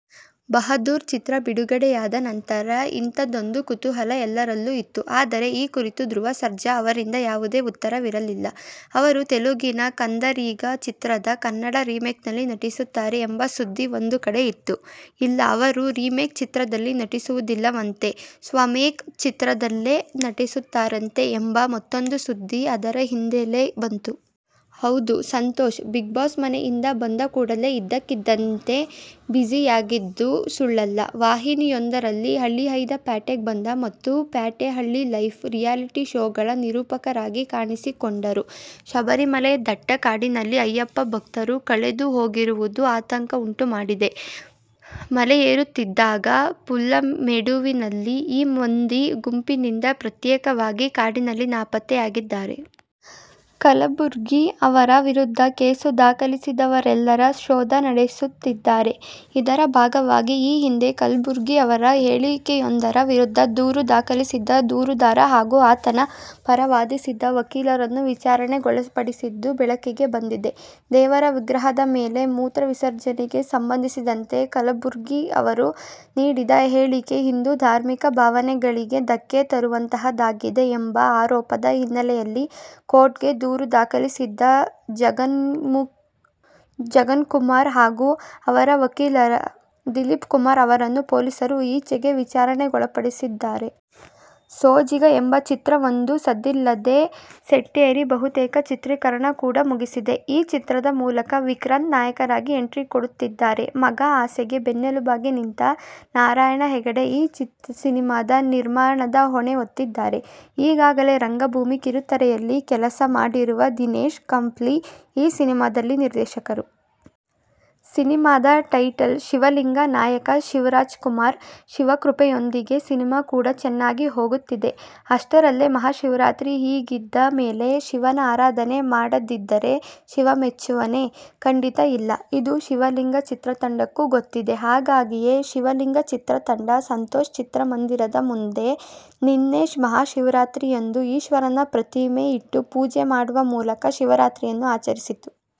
"ಬಹದ್ದೂರ್' ಚಿತ್ರ ಬಿಡುಗಡೆಯಾದ ನಂತರ ಇಂಥದ್ದೊಂದು ಕುತೂಹಲ ಎಲ್ಲರಲ್ಲೂ ಇತ್ತು. ಆದರೆ, ಈ ಕುರಿತು ಧ್ರುವ ಸರ್ಜಾ ಅವರಿಂದ ಯಾವುದೇ ಉತ್ತರವಿರಲಿಲ್ಲ. ಅವರು ತೆಲುಗಿನ "ಕಂದರೀಗ' ಚಿತ್ರದ ಕನ್ನಡ ರೀಮೇಕ್ನಲ್ಲಿ ನಟಿಸುತ್ತಾರೆ ಎಂಬ ಸುದ್ದಿ ಒಂದು ಕಡೆ ಇತ್ತು. ಇಲ್ಲ, ಅವರು ರೀಮೇಕ್ ಚಿತ್ರದಲ್ಲಿ ನಟಿಸುವುದಿಲ್ಲವಂತೆ, ಸ್ವಮೇಕ್ ಚಿತ್ರದಲ್ಲೇ ನಟಿಸುತ್ತಾರಂತೆ ಎಂಬ ಮತ್ತೂಂದು ಸುದ್ದಿ ಅದರ ಹಿಂದೆಯೇ ಬಂತು. ಹೌದು, ಸಂತೋಷ್ "ಬಿಗ್ಬಾಸ್' ಮನೆಯಿಂದ ಬಂದಕೂಡಲೇ ಇದ್ದಕ್ಕಿದ್ದಂತೆ ಬಿಝಿಯಾಗಿದ್ದು ಸುಳ್ಳಲ್ಲ. ವಾಹಿನಿಯೊಂದರಲ್ಲಿ "ಹಳ್ಳಿಹೈದ ಪ್ಯಾಟೆಗ್ ಬಂದ' ಮತ್ತು "ಪ್ಯಾಟೆ ಹಳ್ಳಿ ಲೈಫ್' ರಿಯಾಲಿಟಿ ಶೋಗಳ ನಿರೂಪಕರಾಗಿ ಕಾಣಿಸಿಕೊಂಡರು. ಶಬರಿಮಲೆ ದಟ್ಟ ಕಾಡಿನಲ್ಲಿ ಅಯ್ಯಪ್ಪ ಭಕ್ತರು ಕಳೆದು ಹೋಗಿರುವುದು ಆತಂಕವುಂಟು ಮಾಡಿದೆ. ಮಲೆಯೇರುತ್ತಿದ್ದಾಗ ಪುಲ್ಲಮೇಡುವಿನಲ್ಲಿ ಈ ಮಂದಿ ಗುಂಪಿನಿಂದ ಪ್ರತ್ಯೇಕವಾಗಿ ಕಾಡಿನಲ್ಲಿ ನಾಪತ್ತೆಯಾಗಿದ್ದಾರೆ. ಕಲಬುರ್ಗಿ ಅವರ ವಿರುದ್ಧ ಕೇಸು ದಾಖಲಿಸಿದವರೆಲ್ಲರ ಶೋಧ ನಡೆಸುತ್ತಿದ್ದಾರೆ. ಇದರ ಭಾಗವಾಗಿ ಈ ಹಿಂದೆ ಕಲಬುರ್ಗಿ ಅವರ ಹೇಳಿಕೆಯೊಂದರ ವಿರುದ್ಧ ದೂರು ದಾಖಲಿಸಿದ್ದ ದೂರುದಾರ ಹಾಗೂ ಆತನ ಪರ ವಾದಿಸಿದ್ದ ವಕೀಲರನ್ನೂ ವಿಚಾರಣೆಗೊಳಪಡಿಸಿದ್ದು ಬೆಳಕಿಗೆ ಬಂದಿದೆ. ದೇವರ ವಿಗ್ರಹದ ಮೇಲೆ ಮೂತ್ರ ವಿಸರ್ಜನೆಗೆ ಸಂಬಂಧಿಸಿದಂತೆ ಕಲಬುರ್ಗಿ ಅವರು ನೀಡಿದ ಹೇಳಿಕೆ ಹಿಂದೂ ಧಾರ್ಮಿಕ ಭಾವನೆಗಳಿಗೆ ಧಕ್ಕೆ ತರುವಂತಹದ್ದಾಗಿದೆ ಎಂಬ ಆರೋಪದ ಹಿನ್ನೆಲೆಯಲ್ಲಿ ಕೋರ್ಟ್ಗೆ ದೂರು ದಾಖಲಿಸಿದ್ದ ಜಗನ್ಕುಮಾರ್ ಹಾಗೂ ಅವರ ವಕೀಲರ ದಿಲೀಪ್ಕುಮಾರ್ ಅವರನ್ನು ಪೊಲೀಸರು ಈಚೆಗೆ ವಿಚಾರಣೆಗೊಳಪಡಿಸಿದ್ದಾರೆ. "ಸೋಜಿಗ' ಎಂಬ ಚಿತ್ರವೊಂದು ಸದ್ದಿಲ್ಲದೇ ಸೆಟ್ಟೇರಿ ಬಹುತೇಕ ಚಿತ್ರೀಕರಣ ಕೂಡಾ ಮುಗಿಸಿದೆ. ಈ ಚಿತ್ರದ ಮೂಲಕ ವಿಕ್ರಾಂತ್ ನಾಯಕರಾಗಿ ಎಂಟ್ರಿಕೊಡುತ್ತಿದ್ದಾರೆ. ಮಗ ಆಸೆಗೆ ಬೆನ್ನೆಲುಬಾಗಿ ನಿಂತ ನಾರಾಯಣ ಹೆಗಡೆ ಈ ಸಿನಿಮಾದ ನಿರ್ಮಾಣದ ಹೊಣೆ ಹೊತ್ತಿದ್ದಾರೆ. ಈಗಾಗಲೇ ರಂಗಭೂಮಿ, ಕಿರುತೆರೆಯಲ್ಲಿ ಕೆಲಸ ಮಾಡಿರುವ ದಿನೇಶ್ ಕಂಪ್ಲಿ ಈ ಸಿನಿಮಾದ ನಿರ್ದೇಶಕರು. ಸಿನಿಮಾದ ಟೈಟಲ್ "ಶಿವಲಿಂಗ', ನಾಯಕ ಶಿವರಾಜಕುಮಾರ್, ಶಿವಕೃಪೆಯೊಂದಿಗೆ ಸಿನಿಮಾ ಕೂಡಾ ಚೆನ್ನಾಗಿ ಹೋಗುತ್ತಿದೆ. ಅಷ್ಟರಲ್ಲೇ ಮಹಾಶಿವರಾತ್ರಿ ಹೀಗಿದ್ದ ಮೇಲೆ ಶಿವನ ಆರಾಧನೆ ಮಾಡದಿದ್ದರೆ ಶಿವಮೆಚ್ಚನೇ? ಖಂಡಿತಾ ಇಲ್ಲ, ಇದು "ಶಿವಲಿಂಗ' ಚಿತ್ರತಂಡಕ್ಕೂ ಗೊತ್ತಿದೆ. ಹಾಗಾಗಿಯೇ "ಶಿವಲಿಂಗ' ಚಿತ್ರತಂಡ ಸಂತೋಷ್ ಚಿತ್ರಮಂದಿರದ ಮುಂದೆ ನಿನ್ನೆ ಮಹಾಶಿವರಾತ್ರಿಯಂದು ಈಶ್ವರನ ಪ್ರತಿಮೆ ಇಟ್ಟು ಪೂಜೆ ಮಾಡುವ ಮೂಲಕ ಶಿವರಾತ್ರಿಯನ್ನು ಆಚರಿಸಿತು.